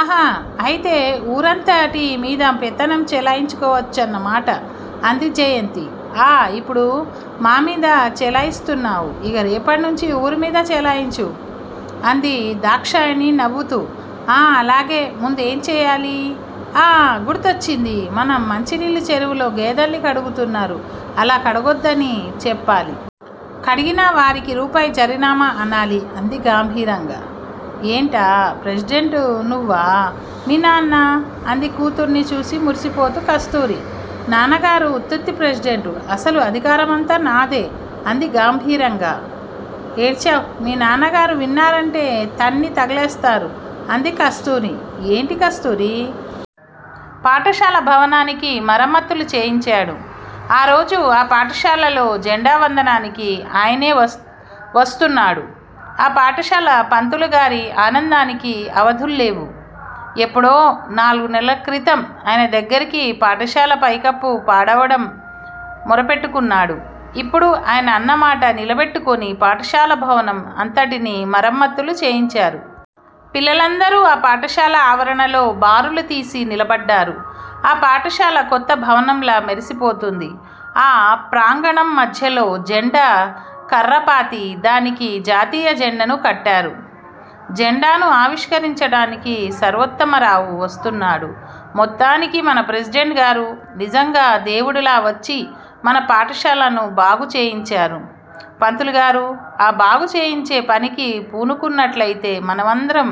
ఆహా! అయితే ఊరంతటిమీద పెత్తనం చెలాయించుకోచ్చన్నమాట అంది జయంతి. ఆ ఇప్పుడు మామీద చెలాయిస్తున్నావు. ఇక రేపటినుంచి ఊరుమీద చెలాయించు అంది దాక్షాయణి నవ్వుతూ. ఆ అలాగే, ముందు ఏం చేయాలి? ఆ! గుర్తొచ్చింది. మన మంచినీళ్ళ చెరువులో గేదెల్ని కడుగుతున్నారు. అలా కడగొద్దు అని చెప్పాలి. కడిగిన వారికీ రూపాయి జరిమానా అనాలి అంది గంభీరంగా. ఏంటా! ప్రెసిడెంటునువ్వా, మీ నాన్నా? అంది కూతుర్ని చూసి మురిసిపోతూ కస్తూరి. నాన్నగారు ఉత్తిత్తి ప్రెసిడెంట్ అసలు అధికారమంతా నాదే అంది గాంభీరంగా. ఏడ్చావ్! మీ నాన్నగారు విన్నారంటే తన్ని తగలేస్తారు అంది కస్తూరి. ఏంటి కస్తూరి! పాఠశాల భవనానికి మరమత్తులు చేయించాడు. ఆరోజు ఆ పాఠశాలలో జెండా వందనానికి ఆయనే వస్తు వస్తున్నాడు. ఆ పాఠశాల పంతులుగారి ఆనందానికి అవధుల్లేవు. ఎప్పుడో నాలుగు నెలల క్రితం అయన దగ్గిర పాఠశాల పైకప్పు పాడవడం మొరపెట్టుకున్నాడు. ఇప్పుడు అయన అన్నమాట నిలబెట్టుకుని పాఠశాల భవనం అంతటిని మరమత్తులు చేయించారు. పిల్లలందరూ ఆ పాఠశాల ఆవరణలో బారులుతీసి నిలబడ్డారు. ఆ పాఠశాల కొత్త భవనంలా మెరిసిపోతోంది. ఆ ప్రాంగణం మధ్యలో జెండా కర్రపాతి దానికి జాతీయజెండను కట్టారు. జెండాను ఆవిష్కరించడానికి సర్వోత్తమరావు వస్తున్నాడు. మొత్తానికి మన ప్రెసిడెంటుగారు నిజంగా దేవుడిలా వచ్చి మన పాఠశాలను బాగుచేయించారు, పంతులుగారు ఆ బాగుచేయించే పనికి పునుకునట్లయితే మనందరం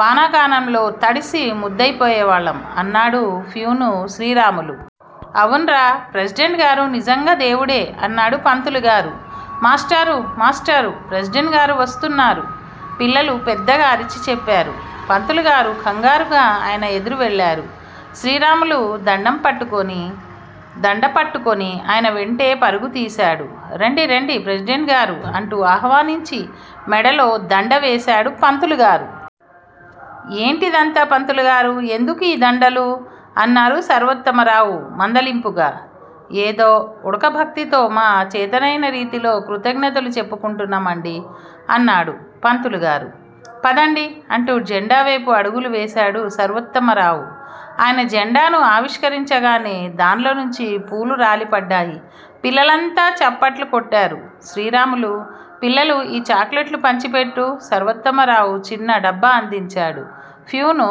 వానాకాలంలో తడిసి ముద్దయిపోయేవాళ్ళం అన్నాడు ఫ్యూను శ్రీరాములు. అవున్రా! ప్రెసిడెంటుగారు నిజంగా దేవుడే అన్నాడు పంతులుగారు. మాస్టారు మాస్టారు! ప్రెసిడెంటుగారు వస్తున్నారు పిల్లలు పెద్దగా అరిచి చెప్పారు. పంతులుగారు కంగారుగా ఆయన ఎదురు వెళ్ళారు, శ్రీరాములు దండం పట్టుకొని దండపట్టుకుని అయన వెంటే పరుగుతీశాడు. రండి రండి ప్రెసిడెంటుగారూ అంటూ ఆహ్వానించి మెడలో దండ వేశాడు పంతులుగారు. ఏంటిదంతా పంతులుగారు ఎందుకు ఈ దండలు? అన్నాడు సర్వోత్తమరావు మందలింపుగా. ఏదో ఉడకభక్తితో మా చేతనైన రీతిలో కృతజ్ఞతలు చెప్పుకుంటున్నామండి అన్నాడు పంతులుగారు. పదండి అంటూ జెండావైపు అడుగులు వేశాడు సర్వోత్తమరావు. అయన జెండాను ఆవిష్కరించగానే దాన్లోనుంచి పూలురాలిపడ్డాయి. పిల్లలంతా చప్పట్లు కొట్టారు. శ్రీరాములు! పిల్లలకు ఈ చాక్లెట్లు పంచిపెట్టు సర్వోత్తమరావు చిన్న డబ్బా అందించాడు. ఫ్యూను